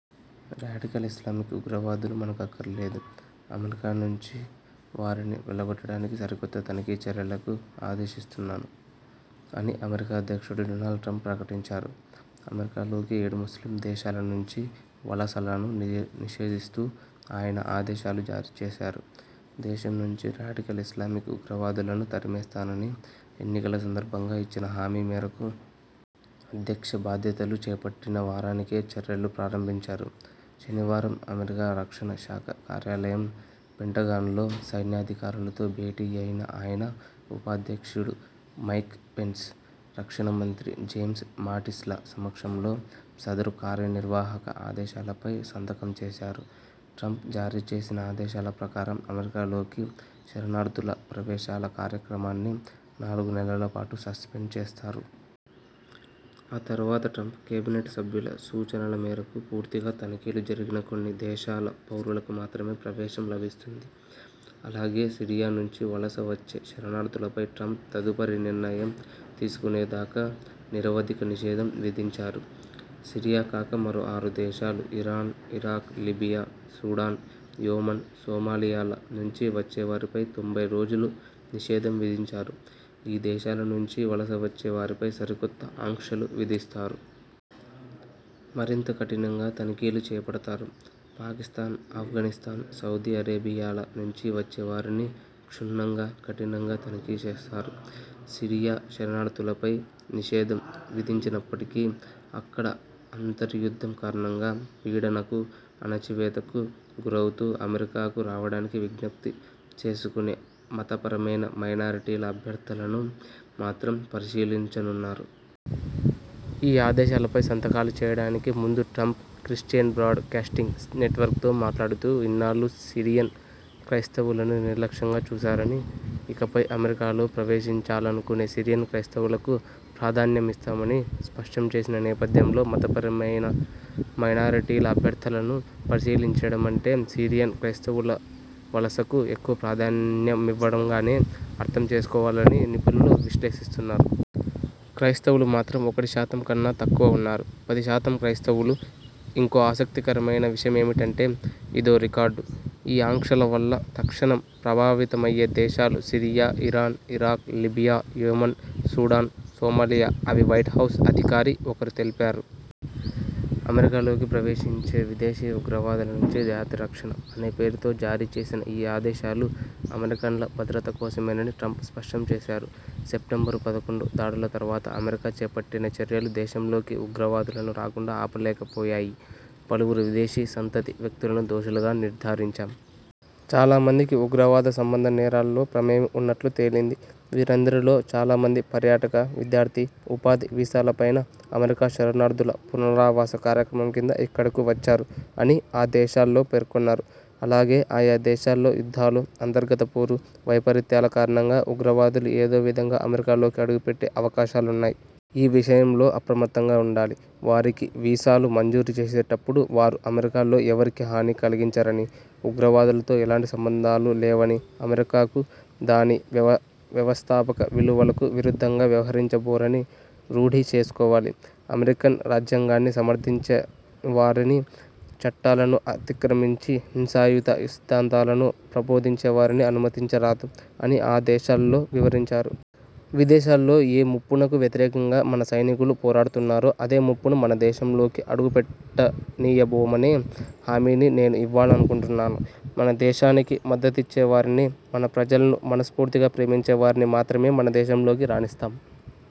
Radical Islamic ఉగ్రవాదులు మనకు అక్కర్లేదు. అమెరికా నుంచి వారిని వెళ్లగొట్టడానికి సరికొత్త తనిఖీ చర్యలకు ఆదేశిస్తున్నాను' అని అమెరికా అధ్యక్షుడు డోనాల్డ్ ట్రంప్ ప్రకటించారు. అమెరికాలోకి ఏడు ముస్లిం దేశాల నుంచి వలసలను ని నిషేధిస్తూ ఆయన ఆదేశాలు జారీ చేశారు. దేశం నుంచి రాడికల్ ఇస్లామిక్ ఉగ్రవాదులను తరిమేస్తానని ఎన్నికల సందర్భంగా ఇచ్చిన హామీ మేరకు.. అధ్యక్ష బాధ్యతలు చేపట్టిన వారానికే చర్యలు ప్రారంభించారు. శనివారం అమెరికా రక్షణ శాఖ కార్యాలయం పెంటగాన్లో సైన్యాధికారులతో భేటీ అయిన ఆయన ఉపాధ్యక్షుడు మైక్ పెన్స్, రక్షణ మంత్రి జేమ్స్ మాటిస్ల సమక్షంలో సదరు కార్యనిర్వాహక ఆదేశాలపై సంతకం చేశారు. ట్రంప్ జారీ చేసిన ఆదేశాల ప్రకారం అమెరికాలోకి శరణార్థుల ప్రవేశాల కార్యక్రమాన్ని నాలుగు నెలలపాటు సస్పెండ్ చేస్తారు. ఆ తర్వాత ట్రంప్ కేబినెట్ సభ్యుల సూచనల మేరకు పూర్తిగా తనిఖీలు జరిగిన కొన్ని దేశాల పౌరులకు మాత్రమే ప్రవేశం లభిస్తుంది. అలాగే, సిరియా నుంచి వలస వచ్చే శరణార్థులపై ట్రంప్ తదుపరి నిర్ణయం తీసుకునేదాకా నిరవధిక నిషేధం విధించారు. సిరియా కాక మరో ఆరు దేశాలు Iran, Iraq, Libya, Sudan, Yemen, సొమాలియాల నుంచి వచ్చేవారిపై తొంభై రోజులు నిషేధం విధించారు ఈ దేశాల నుంచి వలసవచ్చే వారిపై సరికొత్త ఆంక్షలు విధిస్తారు. మరింత కఠినంగా తనిఖీలు చేపడతారు. పాకిస్థాన్, అఫ్ఘానిస్థాన్, సౌదీ అరేబియాల నుంచి వచ్చేవారిని క్షుణ్నంగా, కఠినంగా తనిఖీ చేస్తారు. సిరియా శరణార్థులపై నిషేధం విధించినప్పటికీ.. అక్కడ అంతర్యుద్ధం కారణంగా పీడనకు, అణచివేతకు గురవుతూ అమెరికాకు రావడానికి విజ్ఞప్తి చేసుకునే మతపరమైన మైనారిటీల అభ్యర్థనలను మాత్రం పరిశీలించనున్నారు. ఈ ఆదేశాలపై సంతకాలు చేయడానికి ముందు Trump Christian Broadcasting Network తో మాట్లాడుతూ ఇన్నాళ్లూ సిరియన్ క్రైస్తవులను నిర్లక్ష్యంగా చూశారని, ఇకపై అమెరికాలో ప్రవేశించాలనుకునే సిరియన్ క్రైస్తవులకు ప్రాధాన్యమిస్తామని స్పష్టం చేసిన నేపథ్యంలో మతపరమైన మైనారిటీల అభ్యర్థనలను పరిశీలించడమంటే సిరియన్ క్రైస్తవుల వలసకు ఎక్కువ ప్రాధాన్యమివ్వడంగానే అర్థం చేసుకోవాలని నిపుణులు విశ్లేషిస్తున్నారు. క్రైస్తవులు మాత్రం ఒకటి శాతం కన్నా తక్కువ ఉన్నారు. పది శాతం క్రైస్తవులు. ఇంకో ఆసక్తికరమైన విషయమేంటంటేఇ దో రికార్డు. ఈ ఆంక్షల వల్ల తక్షణం ప్రభావితమయ్యే దేశాలు Syria, Iran, Iraq, Libya, Yemen, Sudan, Somalia అని వైట్ హౌస్ అధికారి ఒకరు తెలిపారు. 'అమెరికాలోకి ప్రవేశించే విదేశీ ఉగ్రవాదుల నుంచి జాతిరక్షణ' అనే పేరుతో జారీచేసిన ఈ ఆదేశాలు అమెరికన్ల భద్రత కోసమేనని ట్రంప్ స్పష్టం చేశారు. సెప్టెంబరు పదకొండు దాడుల తర్వాత అమెరికా చేపట్టిన చర్యలు దేశంలోకి ఉగ్రవాదులను రాకుండా ఆపలేకపోయాయి. పలువురు విదేశీ సంతతి వ్యక్తులను దోషులుగా నిర్ధారించాం. చాలా మందికి ఉగ్రవాద సంబంధ నేరాల్లో ప్రమేయం ఉన్నట్లు తేలింది. వీరందరిలో చాలా మంది పర్యాటక, విద్యార్థి, ఉపాధి వీసాలపైన, అమెరికా శరణార్థుల పునరావాస కార్యక్రమం కింద ఇక్కడకు వచ్చారు' అని ఆదేశాల్లో పేర్కొన్నారు. అలాగే 'ఆయా దేశాల్లో యుద్ధాలు, అంతర్గత పోరు, వైపరీత్యాల కారణంగా ఉగ్రవాదులు ఏదో విధంగా అమెరికాలోకి అడుగుపెట్టే అవకాశాలున్నాయి. ఈ విషయంలో అప్రమత్తంగా ఉండాలి. వారికి వీసాలు మంజూరు చేసేటప్పుడు వారు అమెరికాలో ఎవరికీ హాని కలిగించరని, ఉగ్రవాదులతో ఎలాంటి సంబంధాలు లేవని, అమెరికాకు, దాని వ్యవ వ్యవస్థాపక విలువలకు విరుద్ధంగా వ్యవహరించబోరని రూఢి చేసుకోవాలి. అమెరికన్ రాజ్యాంగాన్ని సమర్థించని వారిని, చట్టాలను అతిక్రమించి హింసాయుత సిద్ధాంతాలను ప్రబోధించేవారిని అనుమతించరాదు' అని ఆదేశాల్లో వివరించారు. ''విదేశాల్లో ఏ ముప్పునకు వ్యతిరేకంగా మన సైనికులు పోరాడుతున్నారో అదే ముప్పును మనదేశంలోకి అడుగుపెట్టనీయబోమని హామీని నేను ఇవ్వాలనుకుంటున్నాను. మన దేశానికి మద్దతిచ్చేవారిని, మన ప్రజలను మనస్ఫూర్తిగా ప్రేమించేవారిని మాత్రమే మనదేశంలోకి రానిస్తాం.